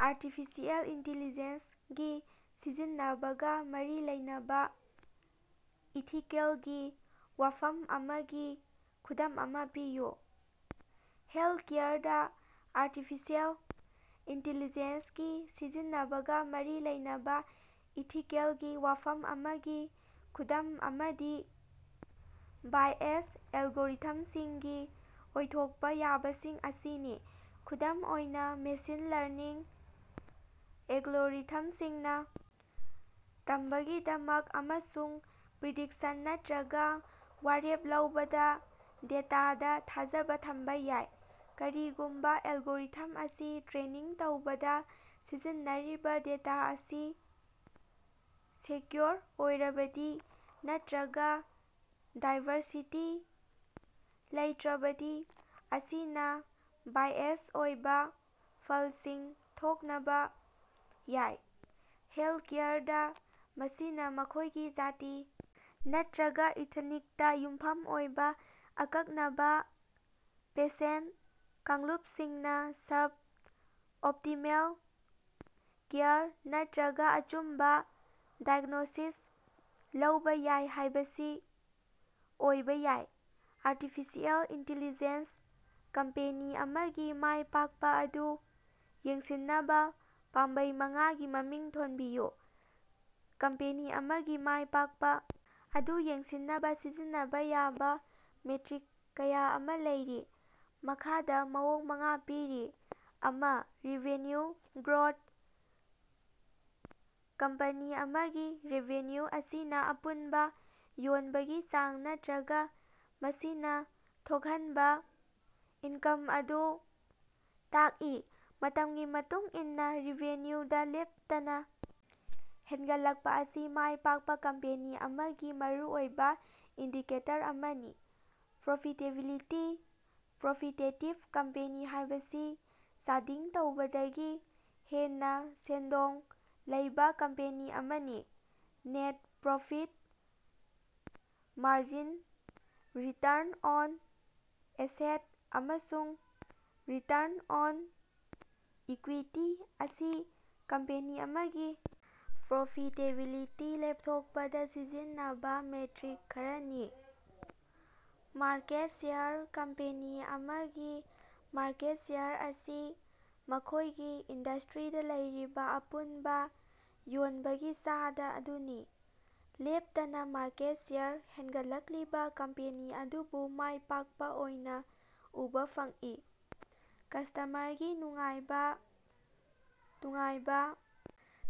Artificial intelligence ꯒꯤ ꯁꯤꯖꯤꯟꯅꯕꯒ ꯃꯔꯤ ꯂꯩꯅꯕ ꯏꯊꯤꯀꯦꯜꯒꯤ ꯋꯥꯐꯝ ꯑꯃꯒꯤ ꯈꯨꯗꯝ ꯑꯃ ꯄꯤꯌꯨ꯫ ꯍꯦꯜꯊꯀꯦꯌꯔꯗ ꯑꯥꯔꯇꯤꯐꯤꯁꯤꯑꯦꯜ ꯏꯟꯇꯦꯜꯂꯤꯖꯦꯟꯁꯒꯤ ꯁꯤꯖꯤꯟꯅꯕꯒ ꯃꯔꯤ ꯂꯩꯅꯕ ꯏꯊꯤꯀꯦꯂꯒꯤ ꯋꯥꯐꯝ ꯑꯃꯒꯤ ꯈꯨꯗꯝ ꯑꯃꯗꯤ ꯕꯥꯏꯑꯦꯖ ꯑꯦꯂꯒꯣꯔꯤꯊꯝꯁꯤꯡꯒꯤ ꯑꯣꯏꯊꯣꯛꯄ ꯌꯥꯕꯁꯤꯡ ꯑꯁꯤꯅꯤ꯫ ꯈꯨꯗꯝ ꯑꯣꯏꯅ, ꯃꯦꯁꯤꯟ ꯂ꯭ꯔꯅꯤꯡ ꯑꯦꯂꯒꯣꯔꯤꯊꯝꯁꯤꯡꯅ ꯇꯝꯕꯒꯤꯗꯃꯛ ꯑꯃꯁꯨꯡ ꯄ꯭ꯔꯤꯗꯤꯛꯁꯟ ꯅꯠꯇꯔꯒ ꯋꯥꯔꯦꯞ ꯂꯧꯕꯗ ꯗꯦꯇꯥꯗ ꯊꯥꯖꯕ ꯊꯝꯕ ꯌꯥꯏ꯫ ꯀꯔꯤꯒꯨꯝꯕ ꯑꯦꯜꯒꯣꯔꯤꯊꯝ ꯑꯁꯤ ꯇ꯭ꯔꯦꯅꯤꯡ ꯇꯧꯕꯗ ꯁꯤꯖꯤꯟꯅꯔꯤꯕ ꯗꯦꯇꯥ ꯑꯁꯤ ꯁ꯭ꯀ꯭ꯌꯨꯗ ꯑꯣꯏꯔꯕꯗꯤ ꯅꯠꯇꯔꯒ ꯗꯥꯏꯕꯔꯁꯤꯇꯤ ꯂꯩꯇꯔꯕꯗꯤ ꯃꯁꯤꯅ ꯕꯥꯏꯑꯦꯖ ꯑꯣꯏꯕ ꯐꯜꯁꯤꯡ ꯊꯣꯛꯅꯕ ꯌꯥꯏ꯫ ꯍꯦꯜꯊꯀꯦꯌꯔꯗ, ꯃꯁꯤꯅ ꯃꯈꯣꯏꯒꯤ ꯖꯥꯇꯤ ꯅꯠꯇꯔꯒ ꯏꯊꯅꯤꯛꯇ ꯌꯨꯝꯐꯝ ꯑꯣꯏꯕ ꯑꯀꯛꯅꯕ ꯄꯦꯁꯦꯟꯠ ꯀꯥꯡꯂꯨꯞꯁꯤꯡꯅ ꯁꯕ-ꯑꯣꯞꯇꯤꯃꯦꯜ ꯀꯦꯌꯔ ꯅꯠꯇꯔꯒ ꯑꯆꯨꯝꯕ ꯗꯥꯏꯒꯅꯣꯁꯤꯁ ꯂꯧꯕ ꯌꯥꯏ ꯍꯥꯏꯕꯁꯤ ꯑꯣꯏꯕ ꯌꯥꯏ꯫ ꯑꯔꯇꯤꯐꯤꯁꯤꯑꯦꯜ ꯏꯟꯇꯦꯜꯂꯤꯖꯦꯟꯁ ꯀꯝꯄꯦꯅꯤ ꯑꯃꯒꯤ ꯃꯥꯏ ꯄꯥꯛꯄ ꯑꯗꯨ ꯌꯦꯡꯁꯤꯟꯅꯕ ꯄꯥꯝꯕꯩ ꯃꯉꯥꯒꯤ ꯃꯃꯤꯡ ꯊꯣꯟꯕꯤꯌꯨ꯫ ꯀꯝꯄꯦꯅꯤ ꯑꯃꯒꯤ ꯃꯥꯏ ꯄꯥꯛꯄ ꯑꯗꯨ ꯌꯦꯡꯁꯤꯟꯅꯕ ꯁꯤꯖꯤꯟꯅꯕ ꯌꯥꯕ ꯃꯦꯇ꯭ꯔꯤꯛ ꯀꯌꯥ ꯑꯃꯥ ꯂꯩꯔꯤ꯫ ꯃꯈꯥꯗꯥ ꯃꯑꯣꯡ ꯃꯉꯥ ꯄꯤꯔꯤ: ꯑꯃ꯬ ꯔꯦꯚꯤꯅ꯭ꯌꯨ ꯒ꯭ꯔꯣꯊ: ꯀꯝꯄꯅꯤ ꯑꯃꯒꯤ ꯔꯦꯚꯤꯅ꯭ꯌꯨ ꯑꯁꯤꯅ ꯑꯄꯨꯟꯕ ꯌꯣꯟꯕꯒꯤ ꯆꯥꯡ ꯅꯠꯇꯔꯒ ꯃꯁꯤꯅ ꯊꯣꯛꯍꯟꯕ ꯏꯟꯀꯝ ꯑꯗꯨ ꯇꯥꯛꯏ꯫ ꯃꯇꯝꯒꯤ ꯃꯇꯨꯡ ꯏꯟꯅ ꯔꯦꯚꯤꯅ꯭ꯌꯨꯗ ꯂꯦꯞꯇꯅ ꯍꯦꯟꯒꯠꯂꯛꯄ ꯑꯁꯤ ꯃꯥꯏ ꯄꯥꯛꯄ ꯀꯝꯄꯦꯅꯤ ꯑꯃꯒꯤ ꯃꯔꯨꯑꯣꯏꯕ ꯏꯟꯗꯤꯀꯦꯇꯔ ꯑꯃꯅꯤ꯫ ꯄ꯭ꯔꯣꯐꯤꯇꯦꯕꯤꯂꯤꯇꯤ: ꯄ꯭ꯔꯣꯐꯤꯇꯦꯇꯤꯕ ꯀꯝꯄꯦꯅꯤ ꯍꯥꯏꯕꯁꯤ ꯆꯥꯗꯤꯡ ꯇꯧꯕꯗꯒꯤ ꯍꯦꯟꯅ ꯁꯦꯟꯊꯣꯛ ꯂꯩꯕ ꯀꯝꯄꯦꯅꯤ ꯑꯃꯅꯤ꯫ Net profit margin, return on asset, ꯑꯃꯁꯨꯡ ꯔꯤꯇ꯭ꯔꯟ ꯑꯣꯟ ꯏꯀ꯭ꯋꯤꯇꯤ ꯑꯁꯤ ꯀꯝꯄꯦꯅꯤ ꯑꯃꯒꯤ ꯄ꯭ꯔꯣꯐꯤꯇꯦꯕꯤꯂꯤꯇꯤ ꯂꯦꯞꯊꯣꯛꯄꯗ ꯁꯤꯖꯤꯟꯅꯕ ꯃꯦꯇ꯭ꯔꯤꯛ ꯈꯔꯅꯤ꯫ ꯃꯥꯔꯀꯦꯠ ꯁꯦꯌꯔ: ꯀꯝꯄꯦꯅꯤ ꯑꯃꯒꯤ ꯃꯥꯔꯀꯦꯠ ꯁꯦꯌꯔ ꯑꯁꯤ ꯃꯈꯣꯏꯒꯤ ꯏꯟꯗ꯭ꯁꯇ꯭ꯔꯤꯗ ꯂꯩꯔꯤꯕ ꯑꯄꯨꯟꯕ ꯌꯣꯟꯕꯒꯤ ꯆꯥꯗ ꯑꯗꯨꯅꯤ꯫ ꯂꯦꯞꯇꯅ ꯃꯥꯔꯀꯦꯠ ꯁꯦꯌꯔ ꯍꯦꯟꯒꯠꯂꯛꯂꯤꯕ ꯀꯝꯄꯦꯅꯤ ꯑꯗꯨꯕꯨ ꯃꯥꯏ ꯄꯥꯛꯄ ꯑꯣꯏꯅ ꯎꯕ ꯐꯪꯏ꯫ ꯀ꯭ꯁꯇꯃ꯭ꯔꯒꯤ ꯅꯨꯡꯉꯥꯏꯕ: ꯅꯨꯡꯉꯥꯏꯕ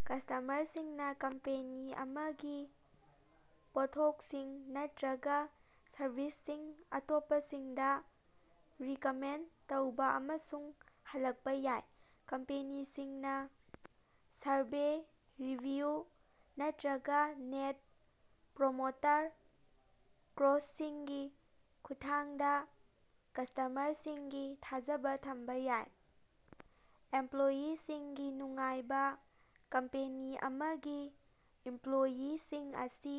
ꯀ꯭ꯁꯇꯃ꯭ꯔꯁꯤꯡꯅ ꯀꯝꯄꯦꯅꯤ ꯑꯃꯒꯤ ꯄꯣꯠꯊꯣꯛꯁꯤꯡ ꯅꯠꯇꯔꯒ ꯁꯔꯕꯤꯁꯁꯤꯡ ꯑꯇꯣꯞꯄꯁꯤꯡꯗ ꯔꯤꯀꯃꯦꯟꯗ ꯇꯧꯕꯥ ꯑꯃꯁꯨꯡ ꯍꯜꯂꯛꯄ ꯌꯥꯏ꯫ ꯀꯝꯄꯦꯅꯤꯁꯤꯡꯅ ꯁꯔꯚꯦ, ꯔꯤꯚꯤꯌꯨ, ꯅꯠꯇꯔꯒ ꯅꯦꯠ ꯄ꯭ꯔꯣꯃꯣꯇꯔ ꯁ꯭ꯀꯣꯔꯁꯤꯡꯒꯤ ꯈꯨꯠꯊꯥꯡꯗ ꯀ꯭ꯁꯇꯃ꯭ꯔꯁꯤꯡꯒꯤ ꯊꯥꯖꯕ ꯊꯝꯕ ꯌꯥꯏ꯫ ꯑꯦꯝꯄ꯭ꯂꯣꯌꯤꯁꯤꯡꯒꯤ ꯅꯨꯡꯉꯥꯏꯕ: ꯀꯝꯄꯦꯅꯤ ꯑꯃꯒꯤ ꯏꯝꯄ꯭ꯂꯣꯌꯤꯁꯤꯡ ꯑꯁꯤ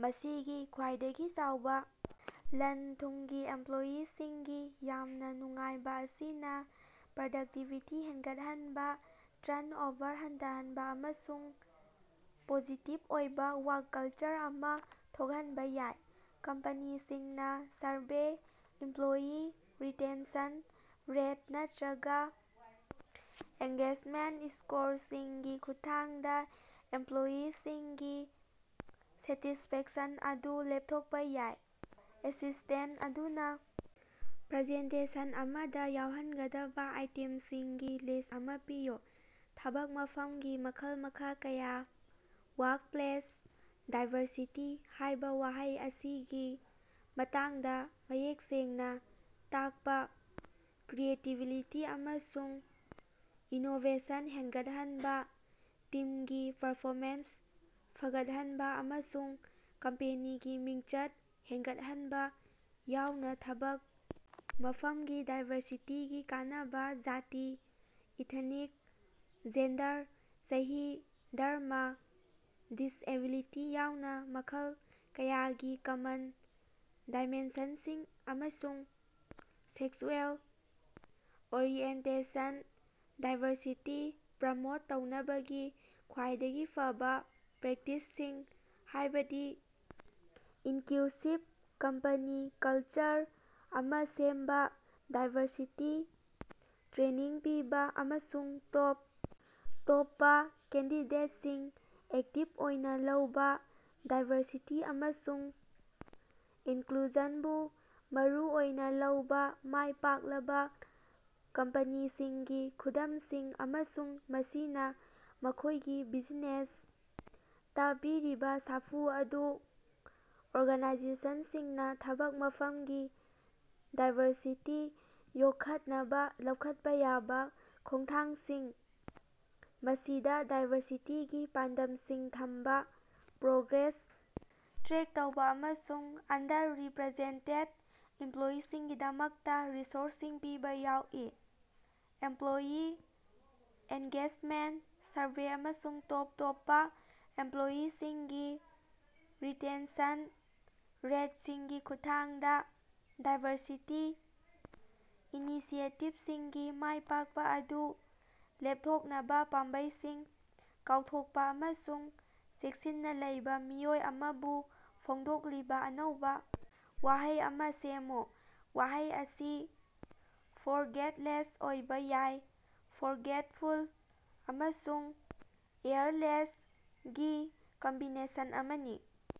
ꯃꯁꯤꯒꯤ ꯈ꯭ꯋꯥꯏꯗꯒꯤ ꯆꯥꯎꯕ ꯂꯟ-ꯊꯨꯝꯅꯤ꯫ ꯑꯦꯝꯄ꯭ꯂꯣꯌꯤꯁꯤꯡꯒꯤ ꯌꯥꯝꯅ ꯅꯨꯡꯉꯥꯏꯕ ꯑꯁꯤꯅ ꯄ꯭ꯔꯗꯛꯇꯤꯚꯤꯇꯤ ꯍꯦꯟꯒꯠꯍꯟꯕ, ꯇ꯭ꯔꯟꯑꯣꯚꯔ ꯍꯟꯊꯍꯟꯕ ꯑꯃꯁꯨꯡ ꯄꯣꯖꯤꯇꯤꯚ ꯑꯣꯏꯕ ꯋꯥ꯭ꯔꯛ ꯀꯜꯆꯔ ꯑꯃꯥ ꯊꯣꯛꯍꯟꯕ ꯌꯥꯏ꯫ ꯀꯝꯄꯅꯤꯁꯤꯡꯅꯥ ꯁꯔꯚꯦ, ꯏꯝꯄ꯭ꯂꯣꯌꯤ ꯔꯤꯇꯦꯟꯁꯟ ꯔꯦꯠ, ꯅꯠꯇꯔꯒ ꯑꯦꯡꯒꯦꯖꯃꯦꯟꯠ ꯁ꯭ꯀꯣꯔꯁꯤꯡꯒꯤ ꯈꯨꯠꯊꯥꯡꯗ ꯏꯝꯄ꯭ꯂꯣꯌꯤꯁꯤꯡꯒꯤ ꯁꯦꯇꯤꯁꯐꯦꯛꯁꯟ ꯑꯗꯨ ꯂꯦꯞꯊꯣꯛꯄ ꯌꯥꯏ꯫ ꯑꯦꯁꯤꯁ꯭ꯇꯦꯟꯠ ꯑꯗꯨꯅ ꯄ꯭ꯔꯖꯦꯟꯇꯦꯁꯟ ꯑꯃꯗ ꯌꯥꯎꯍꯟꯒꯗꯕ ꯑꯥꯏꯇꯦꯝꯁꯤꯡꯒꯤ ꯂꯤꯁ꯭ꯠ ꯑꯃꯥ ꯄꯤꯌꯨ꯫ ꯊꯕꯛ ꯃꯐꯝꯒꯤ ꯃꯈꯜ-ꯃꯈꯥ ꯀꯌꯥ꯫ "ꯋꯥ꯭ꯔꯛꯄ꯭ꯂꯦꯁ ꯗꯥꯏꯕꯔꯁꯤꯇꯤ" ꯍꯥꯏꯕ ꯋꯥꯍꯩ ꯑꯁꯤꯒꯤ ꯃꯇꯥꯡꯗ ꯃꯌꯦꯛ ꯁꯦꯡꯅ ꯇꯥꯛꯄ ꯀ꯭ꯔꯤꯌꯦꯇꯤꯕꯤꯇꯤ ꯑꯃꯁꯨꯡ ꯏꯅꯣꯕꯦꯁꯟ ꯍꯦꯟꯒꯠꯍꯟꯕ, ꯇꯤꯝꯒꯤ ꯄꯔꯐꯣꯃꯦꯟꯁ ꯐꯒꯠꯍꯟꯕ, ꯑꯃꯁꯨꯡ ꯀꯝꯄꯦꯅꯤꯒꯤ ꯃꯤꯡꯆꯠ ꯍꯦꯟꯒꯠꯍꯟꯕ ꯌꯥꯎꯅ ꯊꯕꯛ ꯃꯐꯝꯒꯤ ꯗꯥꯏꯕꯔꯁꯤꯇꯤꯒꯤ ꯀꯥꯟꯅꯕ ꯖꯥꯇꯤ, ꯏꯊꯅꯤꯛ, ꯖꯦꯟꯗꯔ, ꯆꯍꯤ, ꯙꯔꯃ, ꯗꯤꯁꯑꯦꯕꯤꯂꯤꯇꯤ ꯌꯥꯎꯅ ꯃꯈꯜ ꯀꯌꯥꯒꯤ ꯀꯃꯟ ꯗꯥꯏꯃꯦꯟꯁꯟꯁꯤꯡ ꯑꯃꯁꯨꯡ ꯁꯦꯛꯁꯨꯑꯦꯜ ꯑꯣꯔꯤꯑꯦꯟꯇꯦꯁꯟ ꯗꯥꯏꯕꯔꯁꯤꯇꯤ ꯄ꯭ꯔꯃꯣꯠ ꯇꯧꯅꯕꯒꯤ ꯈ꯭ꯋꯥꯏꯗꯒꯤ ꯐꯕ ꯄ꯭ꯔꯦꯛꯇꯤꯁꯁꯤꯡ, ꯍꯥꯏꯕꯗꯤ ꯏꯟꯀ꯭ꯂꯨꯁꯤꯚ ꯀꯝꯄꯅꯤ ꯀꯜꯆꯔ ꯑꯃꯥ ꯁꯦꯝꯕ, ꯗꯥꯏꯕꯔꯁꯤꯇꯤ ꯇ꯭ꯔꯦꯅꯤꯡ ꯄꯤꯕ, ꯑꯃꯁꯨꯡ ꯇꯣꯞ ꯇꯣꯞꯄ ꯀꯦꯟꯗꯤꯗꯦꯠꯁꯤꯡ ꯑꯦꯛꯇꯤꯞ ꯑꯣꯏꯅ ꯂꯧꯕ ꯗꯥꯏꯕꯔꯁꯤꯇꯤ ꯑꯃꯁꯨꯡ ꯏꯟꯀ꯭ꯂꯨꯖꯟꯕꯨ ꯃꯔꯨꯑꯣꯏꯅ ꯂꯧꯕ ꯃꯥꯏꯄꯥꯛꯂꯕ ꯀꯝꯄꯅꯤꯁꯤꯡꯒꯤ ꯈꯨꯗꯝꯁꯤꯡ, ꯑꯃꯁꯨꯡ ꯃꯁꯤꯅ ꯃꯈꯣꯏꯒꯤ ꯕꯤꯖꯤꯅꯦꯁꯇ ꯄꯤꯔꯤꯕ ꯁꯥꯐꯨ ꯑꯗꯨ꯫ ꯑꯣꯔꯒꯅꯥꯏꯖꯦꯁꯟꯁꯤꯡꯅ ꯊꯕꯛ ꯃꯐꯝꯒꯤ ꯗꯥꯏꯕꯔꯁꯤꯇꯤ ꯌꯣꯛꯈꯠꯅꯕ ꯂꯧꯈꯠꯄ ꯌꯥꯕ ꯈꯣꯡꯊꯥꯡꯁꯤꯡ, ꯃꯁꯤꯗ ꯗꯥꯏꯕꯔꯁꯤꯇꯤꯒꯤ ꯄꯥꯟꯗꯝꯁꯤꯡ ꯊꯝꯕ, ꯄ꯭ꯔꯣꯒ꯭ꯔꯦꯁ ꯇ꯭ꯔꯦꯛ ꯇꯧꯕ, ꯑꯃꯁꯨꯡ ꯑꯟꯗꯔꯔꯤꯄ꯭ꯔꯦꯖꯦꯟꯇꯦꯗ ꯏꯝꯄ꯭ꯂꯣꯌꯤꯁꯤꯡꯒꯤꯗꯃꯛꯇ ꯔꯤꯁꯣꯔꯁꯁꯤꯡ ꯄꯤꯕ ꯌꯥꯎꯏ꯫ ꯑꯦꯝꯄ꯭ꯂꯣꯌꯤ ꯑꯦꯟꯒꯦꯖꯃꯦꯟꯠ ꯁꯔꯚꯦ ꯑꯃꯁꯨꯡ ꯇꯣꯞ ꯇꯣꯞꯄ ꯏꯃꯄ꯭ꯂꯣꯌꯤꯁꯤꯡꯒꯤ ꯔꯤꯇꯦꯟꯁꯟ ꯔꯦꯠꯁꯤꯡꯒꯤ ꯈꯨꯠꯊꯥꯡꯗ, ꯗꯥꯏꯕꯔꯁꯤꯇꯤ ꯏꯅꯤꯁꯤꯌꯦꯇꯤꯕꯁꯤꯡꯒꯤ ꯃꯥꯏ ꯄꯥꯛꯄ ꯑꯗꯨ ꯂꯦꯞꯊꯣꯛꯅꯕ ꯄꯥꯝꯕꯩꯁꯤꯡ꯫ ꯀꯥꯎꯊꯣꯛꯄ ꯑꯃꯁꯨꯡ ꯆꯦꯛꯁꯤꯟꯅ ꯂꯩꯕ ꯃꯤꯑꯣꯏ ꯑꯃꯕꯨ ꯐꯣꯡꯗꯣꯛꯂꯤꯕ ꯑꯅꯧꯕ ꯋꯥꯍꯩ ꯑꯃꯥ ꯁꯦꯝꯃꯨ꯫ ꯋꯥꯍꯩ ꯑꯁꯤ "ꯐ꯭ꯣꯔꯒꯦꯠꯂꯦꯁ" ꯑꯣꯏꯕ ꯌꯥꯏ "ꯐ꯭ꯣꯔꯒꯦꯠꯐꯨꯜ" ꯑꯃꯁꯨꯡ "ꯀꯦꯌꯔꯂꯦꯁ"ꯒꯤ ꯀꯝꯕꯤꯅꯦꯁꯟ ꯑꯃꯅꯤ꯫